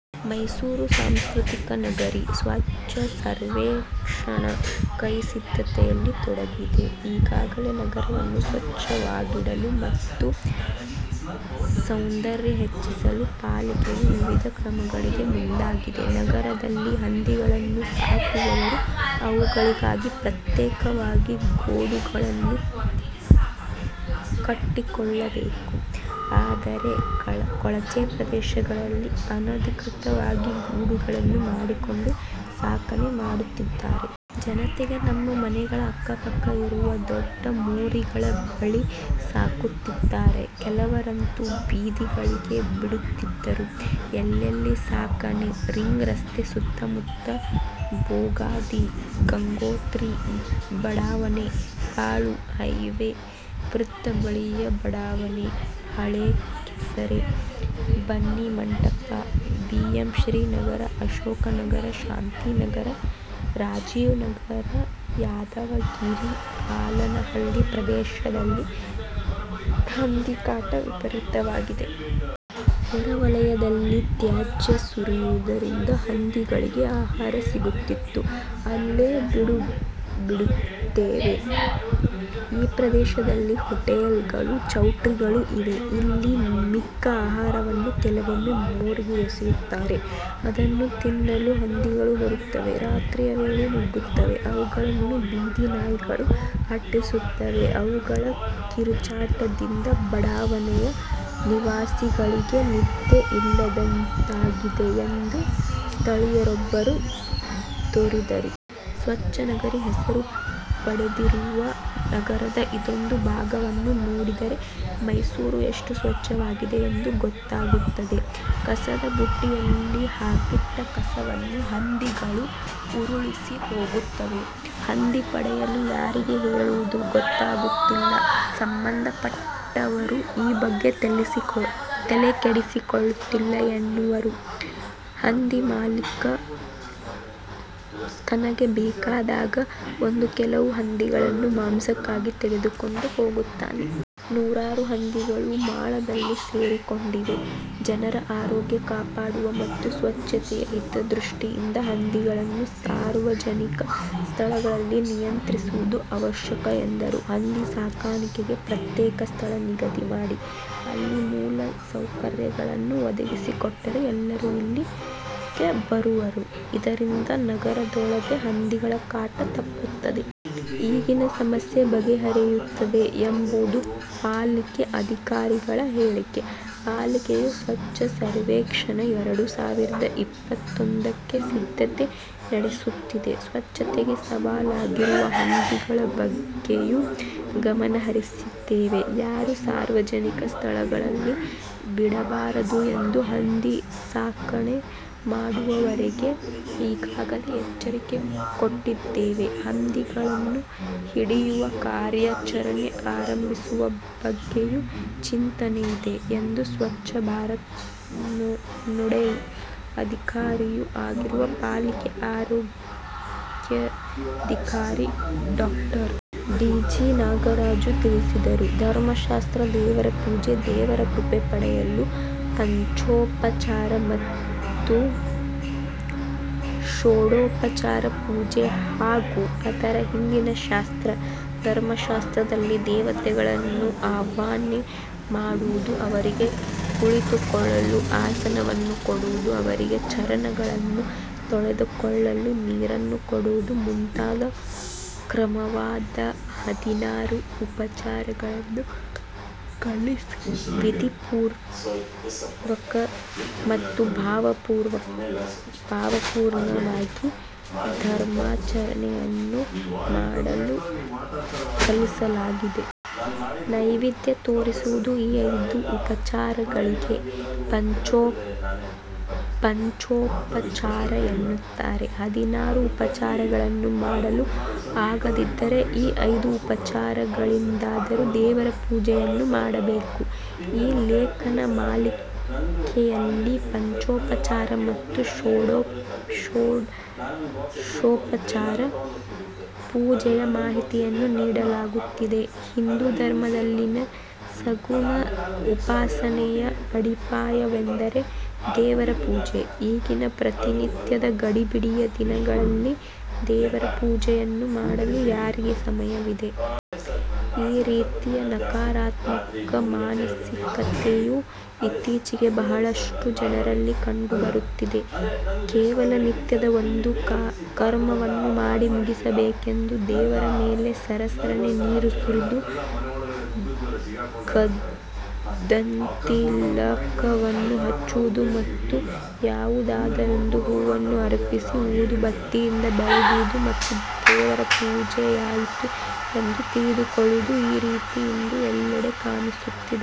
ಮೈಸೂರು: ಸಾಂಸ್ಕೃತಿಕ ನಗರಿ 'ಸ್ವಚ್ಛ ಸರ್ವೇಕ್ಷಣ್ 'ಕ್ಕೆ ಸಿದ್ಧತೆಯಲ್ಲಿ ತೊಡಗಿದೆ. ಈಗಾಗಲೇ ನಗರವನ್ನು ಸ್ವಚ್ಛವಾಗಿಡಲು ಮತ್ತು ಸೌಂದರ್ಯ ಹೆಚ್ಚಿಸಲು ಪಾಲಿಕೆಯು ವಿವಿಧ ಕ್ರಮಗಳಿಗೆ ಮುಂದಾಗಿದೆ. ನಗರದಲ್ಲಿ ಹಂದಿಗಳನ್ನು ಸಾಕುವವರು ಅವುಗಳಿಗಾಗಿಯೇ ಪ್ರತ್ಯೇಕವಾಗಿ ಗೂಡುಗಳನ್ನು ಕಟ್ಟಿಕೊಳ್ಳಬೇಕು. ಆದರೆ, ಕೊಳಚೆ ಪ್ರದೇಶಗಳಲ್ಲಿ ಅನಧಿಕೃತವಾಗಿ ಗೂಡುಗಳನ್ನು ಮಾಡಿಕೊಂಡು ಸಾಕಣೆ ಮಾಡುತ್ತಿದ್ದಾರೆ. ಜತೆಗೆ ನಮ್ಮ ಮನೆಗಳ ಅಕ್ಕಪಕ್ಕ ಇರುವ ದೊಡ್ಡ ಮೋರಿಗಳ ಬಳಿ ಸಾಕುತ್ತಿದ್ದಾರೆ. ಕೆಲವರಂತೂ ಬೀದಿಗಳಿಗೆ ಬಿಡುತ್ತಿದ್ದಾರೆ. ಎಲ್ಲೆಲ್ಲಿ ಸಾಕಣೆ: ರಿಂಗ್ ರಸ್ತೆ ಸುತ್ತ ಮುತ್ತ, ಬೋಗಾದಿ, ಗಂಗೋತ್ರಿ ಬಡಾವಣೆ, ಹೆಬ್ಬಾಳು, ಹೈವೇ ವೃತ್ತ ಬಳಿಯ ಬಡಾವಣೆ, ಹಳೆ ಕೆಸರೆ, ಬನ್ನಿಮಂಟಪ, ಬಿಎಂಶ್ರೀ ನಗರ, ಅಶೋಕನಗರ, ಶಾಂತಿ ನಗರ, ರಾಜೀವ್ ನಗರ, ಯಾದವಗಿರಿ, ಆಲನಹಳ್ಳಿ ಪ್ರದೇಶದಲ್ಲಿ ಹಂದಿ ಕಾಟ ವಿಪರೀತವಾಗಿದೆ. ಹೊರ ವಲಯದಲ್ಲಿ ತ್ಯಾಜ್ಯ ಸುರಿಯುವುದರಿಂದ ಹಂದಿಗಳಿಗೆ ಆಹಾರ ಸಿಗುತ್ತಿದ್ದು, ಅಲ್ಲೇ ಬೀಡು ಬಿಡುತ್ತಿವೆ. 'ಈ ಪ್ರದೇಶದಲ್ಲಿ ಹೋಟೆಲ್ಗಳು, ಚೌಲ್ಟ್ರಿಗಳು ಇವೆ. ಇಲ್ಲಿ ಮಿಕ್ಕ ಆಹಾರವನ್ನೂ ಕೆಲವೊಮ್ಮೆ ಮೋರಿಗೆ ಎಸೆಯುತ್ತಾರೆ. ಅದನ್ನು ತಿನ್ನಲು ಹಂದಿಗಳು ಬರುತ್ತವೆ. ರಾತ್ರಿಯ ವೇಳೆ ನುಗ್ಗುತ್ತವೆ. ಅವುಗಳನ್ನು ಬೀದಿ ನಾಯಿಗಳು ಅಟ್ಟಿಸುತ್ತವೆ. ಅವುಗಳ ಕಿರುಚಾಟದಿಂದ ಬಡಾವಣೆಯ ನಿವಾಸಿಗಳಿಗೆ ನಿದ್ದೆ ಇಲ್ಲದಂತಾಗಿದೆ' ಎಂದು ಸ್ಥಳೀಯರೊಬ್ಬರು ದೂರಿದರು. 'ಸ್ವಚ್ಛ ನಗರಿ ಹೆಸರು ಪಡೆದಿರುವ ನಗರದ ಇದೊಂದು ಭಾಗವನ್ನು ನೋಡಿದರೆ ಮೈಸೂರು ಎಷ್ಟು ಸ್ವಚ್ಛವಾಗಿದೆ ಎಂದು ಗೊತ್ತಾಗುತ್ತದೆ. ಕಸದ ಬುಟ್ಟಿಯಲ್ಲಿ ಹಾಕಿಟ್ಟ ಕಸವನ್ನು ಹಂದಿಗಳು ಉರುಳಿಸಿ ಹೋಗುತ್ತವೆ. ಹಂದಿ ಹಿಡಿಯಲು ಯಾರಿಗೆ ಹೇಳುವುದು ಗೊತ್ತಾಗುತ್ತಿಲ್ಲ ಸಂಬಂಧಪಟ್ಟವರು ಈ ಬಗ್ಗೆ ತಲೆಕೆಡಿಸಿಕೊಳ್ಳುತ್ತಿಲ್ಲ' ಎನ್ನುವರು. 'ಹಂದಿ ಮಾಲೀಕ ತನಗೆ ಬೇಕಾದಾಗ ಬಂದು ಕೆಲವು ಹಂದಿಗಳನ್ನು ಮಾಂಸಕ್ಕಾಗಿ ತೆಗೆದುಕೊಂಡು ಹೋಗುತ್ತಾನೆ. ನೂರಾರು ಹಂದಿಗಳು ಮಾಳದಲ್ಲಿ ಸೇರಿಕೊಂಡಿವೆ. ಜನರ ಆರೋಗ್ಯ ಕಾಪಾಡುವ ಮತ್ತು ಸ್ವಚ್ಛತೆಯ ಹಿತದೃಷ್ಟಿಯಿಂದ ಹಂದಿಗಳನ್ನು ಸಾರ್ವಜನಿಕ ಸ್ಥಳಗಳಲ್ಲಿ ನಿಯಂತ್ರಿಸುವುದು ಅವಶ್ಯಕ' ಎಂದರು. 'ಹಂದಿ ಸಾಕಾಣಿಕೆಗೆ ಪ್ರತ್ಯೇಕ ಸ್ಥಳ ನಿಗದಿ ಮಾಡಿ, ಅಲ್ಲಿ ಮೂಲಸೌಕರ್ಯಗಳನ್ನು ಒದಗಿಸಿಕೊಟ್ಟರೆ ಎಲ್ಲರೂ ಇಲ್ಲಿಗೆ ಬರುವರು. ಇದರಿಂದ ನಗರದೊಳಗೆ ಹಂದಿಗಳ ಕಾಟ ತಪ್ಪುತ್ತದೆ. ಈಗಿನ ಸಮಸ್ಯೆ ಬಗೆಹರಿಯುತ್ತದೆ' ಎಂಬುದು ಪಾಲಿಕೆ ಅಧಿಕಾರಿಗಳ ಹೇಳಿಕೆ. ಪಾಲಿಕೆಯು ಸ್ವಚ್ಛ ಸರ್ವೇಕ್ಷಣ್–ಎರಡು ಸಾವಿರದ ಇಪ್ಪತ್ತೊಂದಕ್ಕೆ ಸಿದ್ಧತೆ ನಡೆಸುತ್ತಿದೆ. ಸ್ವಚ್ಛತೆಗೆ ಸವಾಲಾಗಿರುವ ಹಂದಿಗಳ ಬಗ್ಗೆಯೂ ಗಮನಹರಿಸಿದ್ದೇವೆ. ಯಾರೂ ಸಾರ್ವಜನಿಕ ಸ್ಥಳಗಳಲ್ಲಿ ಬಿಡಬಾರದು ಎಂದು ಹಂದಿ ಸಾಕಣೆ ಮಾಡುವವರಿಗೆ ಈಗಾಗಲೇ ಎಚ್ಚರಿಕೆ ಕೊಟ್ಟಿದ್ದೇವೆ. ಹಂದಿಗಳನ್ನು ಹಿಡಿಯುವ ಕಾರ್ಯಾಚರಣೆ ಆರಂಭಿಸುವ ಬಗ್ಗೆಯೂ ಚಿಂತನೆಯಿದೆ' ಎಂದು ಸ್ವಚ್ಛ ಭಾರತ್ ನೋಡೆಲ್ ಅಧಿಕಾರಿಯೂ ಆಗಿರುವ ಪಾಲಿಕೆ ಆರೋಗ್ಯಾಧಿಕಾರಿ ಡಾಕ್ಟರ್. ಡಿ. ಜಿ. ನಾಗರಾಜು ತಿಳಿಸಿದರು. ಧರ್ಮಶಾಸ್ತ್ರ ದೇವರ ಪೂಜೆ ದೇವರ ಕೃಪೆ ಪಡೆಯಲು ಪಂಚೋಪಚಾರ ಮತ್ತು ಷೋಡಶೋಪಚಾರ ಪೂಜೆ ಹಾಗೂ ಅದರ ಹಿಂದಿನ ಶಾಸ್ತ್ರ ಧರ್ಮಶಾಸ್ತ್ರದಲ್ಲಿ ದೇವತೆಗಳನ್ನು ಆವಾಹನೆ ಮಾಡುವುದು, ಅವರಿಗೆ ಕುಳಿತುಕೊಳ್ಳಲು ಆಸನವನ್ನು ಕೊಡುವುದು, ಅವರಿಗೆ ಚರಣಗಳನ್ನು ತೊಳೆದುಕೊಳ್ಳಲು ನೀರನ್ನು ಕೊಡುವುದು ಮುಂತಾದ ಕ್ರಮವಾದ ಹದಿನಾರು ಉಪಚಾರಗಳನ್ನು ಕಲಿಸಿ ವಿಧಿಪೂರ್ವಕ ಮತ್ತು ಭಾವಪೂರ್ಣವಾಗಿ ಧರ್ಮಾಚರಣೆಯನ್ನು ಮಾಡಲು ಕಲಿಸಲಾಗಿದೆ. ನೈವೇದ್ಯ ತೋರಿಸುವುದು ಈ ಐದು ಉಪಚಾರಗಳಿಗೆ 'ಪಂಚೋಪಚಾರ' ಎನ್ನುತ್ತಾರೆ. ಹದಿನಾರು ಉಪಚಾರಗಳನ್ನು ಮಾಡಲು ಆಗದಿದ್ದರೆ ಈ ಐದು ಉಪಚಾರಗಳಿಂದಾದರೂ ದೇವರ ಪೂಜೆಯನ್ನು ಮಾಡಬೇಕು. ಈ ಲೇಖನಮಾಲಿಕೆಯಲ್ಲಿ ಪಂಚೋಪಚಾರ ಮತ್ತು ಷೋಡಶೋಪಚಾರ ಪೂಜೆಯ ಮಾಹಿತಿಯನ್ನು ನೀಡಲಾಗುತ್ತದೆ. ಹಿಂದೂ ಧರ್ಮದಲ್ಲಿನ ಸಗುಣ ಉಪಾಸನೆಯ ಅಡಿಪಾಯವೆಂದರೆ 'ದೇವರ ಪೂಜೆ'. ಈಗಿನ 'ಪ್ರತಿನಿತ್ಯದ ಗಡಿಬಿಡಿಯ ದಿನಗಳಲ್ಲಿ ದೇವರ ಪೂಜೆ ಯನ್ನು ಮಾಡಲು ಯಾರಿಗೆ ಸಮಯವಿದೆ? ' ಈ ರೀತಿಯ ನಕಾರಾತ್ಮಕ ಮಾನಸಿಕತೆಯು ಇತ್ತೀಚಿಗೆ ಬಹಳಷ್ಟು ಜನರಲ್ಲಿ ಕಂಡುಬರುತ್ತಿದೆ. ಕೇವಲ ನಿತ್ಯದ ಒಂದು ಕರ್ಮವನ್ನು ಮಾಡಿ ಮುಗಿಸಬೇಕೆಂದು ದೇವರ ಮೇಲೆ ಸರಸರನೆ ನೀರು ಸುರಿದು ಗಂಧತಿಲಕವನ್ನು ಹಚ್ಚುವುದು ಮತ್ತು ಯಾವುದಾದರೊಂದು ಹೂವನ್ನು ಅರ್ಪಿಸಿ ಊದುಬತ್ತಿಯಿಂದ ಬೆಳಗುವುದು ಮತ್ತು 'ದೇವರ ಪೂಜೆ'ಯಾಯಿತು ಎಂದು ತಿಳಿದುಕೊಳ್ಳುವುದು; ಈ ರೀತಿ ಇಂದು ಎಲ್ಲೆಡೆ ಕಾಣಿಸುತ್ತಿದೆ.